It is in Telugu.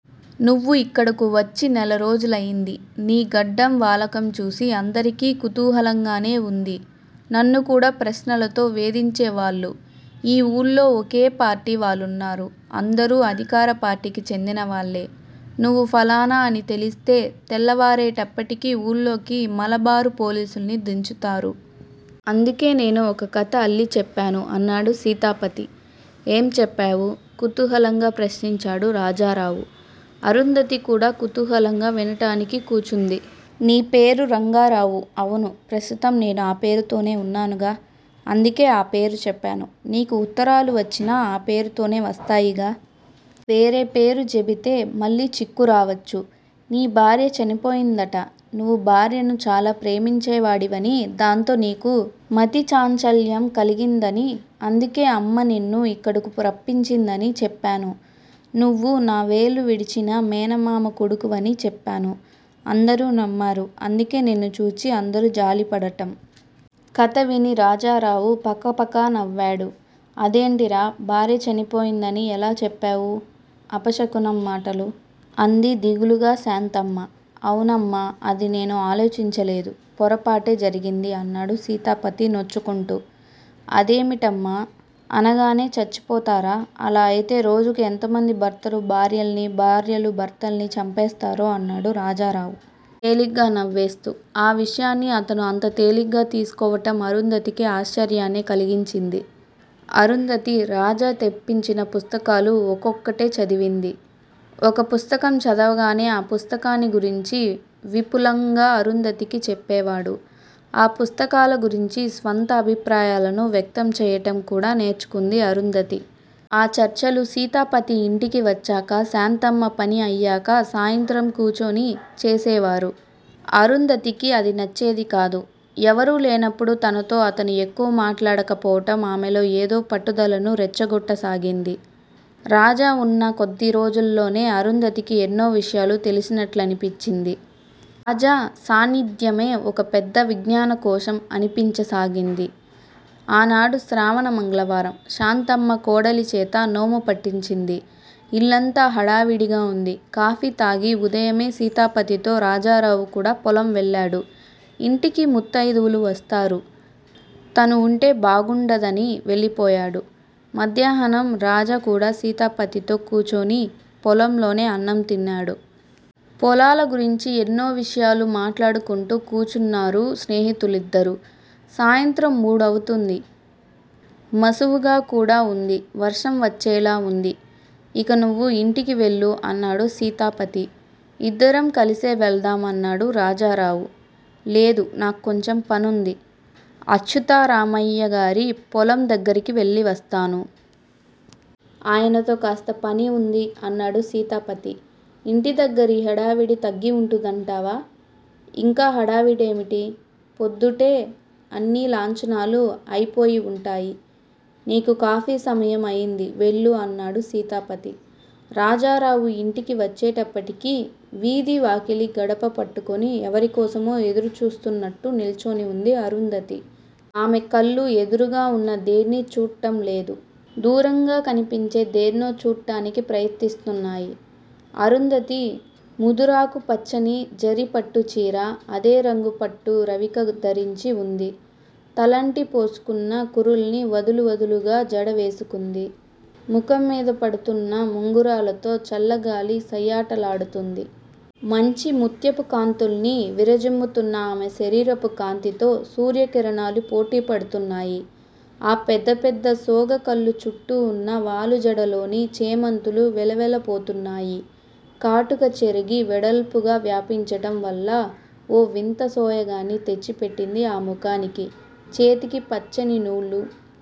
నువ్వు ఇక్కడకు వచ్చి నెల రోజులయింది. నీ గడ్డం వాలకం చూసి అందరికీ కుతూహలంగానే వుంది. నన్ను కూడా ప్రశ్నలతో వేధించేవాళ్ళు. ఈ ఊళ్ళో ఒకే పార్టీ వాళ్ళున్నారు. అందరూ అధికార పార్టీకి చెందిన వాళ్ళే. నువ్వు ఫలానా అని తెలిస్తే తెల్లవారేటప్పటికి వూళ్ళోకి మలబారు పోలీసుల్ని దించుతారు. అందుకే నేను ఒక కథ అల్లి చెప్పాను అన్నాడు సీతాపతి. ఏం చెప్పావు? కుతూహలంగా ప్రశ్నించాడు రాజారావు. అరుంధతి కూడా కుతూహలంగా వినటానికి కూచుంది. నీ పేరు రంగారావు. అవును, ప్రస్తుతం నేను ఆ పేరుతోనే ఉన్నానుగా. అందుకే ఆ పేరు చెప్పాను. నీకు ఉత్తరాలు వచ్చినా ఆ పేరు తోనే వస్తాయిగా! వేరే పేరు చెబితే మళ్ళీ చిక్కురావచ్చు. నీ భార్య చనిపోయిందట. నువ్వు భార్యను చాలా ప్రేమించేవాడివనీ, దాంతో నీకు మతి చాంచల్యం కలిగిందనీ, అందుకే అమ్మ నిన్ను ఇక్కడకు రప్పించిందనీ చెప్పాను. నువ్వు నా వేలు విడిచిన మేనమామ కొడుకువనీ చెప్పాను. అందరూ నమ్మారు. అందుకే నిన్ను చూచి అందరూ జాలిపడటం. కథ విని రాజారావు పక పకా నవ్వాడు. అదేంటిరా, భార్య చనిపోయిందని ఎలా చెప్పావు? అపశకునం మాటలు? అంది దిగులుగా శాంతమ్మ. అవునమ్మా! అది నేను ఆలోచించలేదు. పొరపాటే జరిగింది అన్నాడు సీతాపతి నొచ్చుకుంటూ. అదేమిటమ్మా? అనగానే చచ్చిపోతారా! అలా అయితే రోజుకు ఎంతమంది భర్తలు భార్యల్నీ, భార్యలు భర్తల్నీ చంపేస్తారో అన్నాడు రాజారావు! తేలిగ్గా నవ్వేస్తూ. ఆ విషయాన్ని అతను అంత తేలిగ్గా తీసుకోవటం అరుంధతికి ఆశ్చర్యాన్నే కలిగించింది. అరుంధతి రాజా తెప్పించిన పుస్తకాలు ఒక్కొక్కటే చదివింది. ఒక పుస్తకం చదవగానే ఆ పుస్తకాన్ని గురించి విపులంగా అరుంధతికి చెప్పేవాడు. ఆ పుస్తకాల గురించి స్వంత అభిప్రాయాలను వ్యక్తం చెయ్యటం కూడా నేర్చుకుంది అరుంధతి. ఆ చర్చలు సీతాపతి ఇంటికి వచ్చాక శాంతమ్మ పని అయ్యాక సాయంత్రం కూచుని చేసేవారు. అరుంధతికి అది నచ్చేది కాదు. ఎవరూ లేనప్పుడు తనతో అతను ఎక్కువ మాట్లాడక పోవటం ఆమెలో ఏదో పట్టుదలను రెచ్చగొట్ట సాగింది. రాజా ఉన్న కొద్ది రోజుల్లోనే అరుంధతికి ఎన్నో విషయాలు తెలిసినట్లనిపించింది. రాజా సాన్నిధ్యమే ఒక పెద్ద విజ్ఞానకోశం అనిపించసాగింది. ఆనాడు శ్రావణ మంగళవారం. శాంతమ్మ, కోడలి చేత నోము పట్టించింది. ఇల్లంతా హడావిడిగా వుంది. కాఫీ తాగి ఉదయమే సీతాపతితో రాజారావు కూడా పొలం వెళ్ళాడు. ఇంటికి ముత్తయిదువులు వస్తారు. తను వుంటే బాగుండదని వెళ్ళిపోయాడు. మధ్యాహ్నం రాజా కూడా సీతాపతితో కూచుని పొలంలోనే అన్నం తిన్నాడు. పొలాల గురించి ఎన్నో విషయాలు మాట్లాడుకుంటూ కూచున్నారు స్నేహితులిద్దరు. సాయంత్రం మూడవుతుంది. మసువుగా కూడా వుంది. వర్షం వచ్చేలా వుంది. ఇక నువ్వు ఇంటికి వెళ్ళు అన్నాడు సీతాపతి. ఇద్దరం కలిసే వెళదాం అన్నాడు రాజారావు. లేదు నాకు కొంచెం పనుంది. అచ్యుతరామయ్యగారి పొలం దగ్గిరకెళ్ళివస్తాను. ఆయనతో కాస్త పనివుంది అన్నాడు సీతాపతి. ఇంటి దగ్గిర హడావిడి తగ్గి వుంటుందంటావా? ఇంకా హడావిడేమిటి? పొద్దుటే అన్ని లాంఛనాలూ అయిపోయి వుంటాయి. నీకు కాఫీ సమయం అయింది వెళ్ళు అన్నాడు సీతాపతి. రాజారావు ఇంటికి వచ్చేటప్పటికి వీధి వాకిలి గడప పట్టుకుని ఎవరికోసమో ఎదురుచూస్తున్నట్టు నిల్చొని ఉంది అరుంధతి. ఆమె కళ్ళు ఎదురుగా ఉన్న దేన్నీ చూట్టంలేదు. దూరంగా కనిపించే దేన్నో చూట్టానికి ప్రయత్నిస్తున్నాయి. అరుంధతి ముదురాకు పచ్చని జరీ పట్టుచీర, అదే రంగు పట్టు రవికా ధరించి ఉంది. తలంటి పోసుకున్న కురుల్ని వదులు వదులుగా జడ వేసుకుంది. ముఖం మీద పడుతున్న ముంగురులతో చల్లగాలి సయ్యాటలాడుతూంది. మంచి ముత్యపు కాంతుల్ని విరజిమ్ముతున్న ఆమె శరీరపు కాంతితో సూర్యకిరణాలు పోటీ పడుతున్నాయి. ఆ పెద్ద పెద్ద సోగ కళ్ళు చుట్టూ వున్న వాలు జడలోని చేమంతులు వెలవెల పోతున్నాయి. కాటుక చెరిగి వెడల్పుగా వ్యాపించటం వల్ల ఓ వింత సోయగాన్ని తెచ్చి పెట్టింది ఆ ముఖానికి. చేతికి పచ్చని నూలు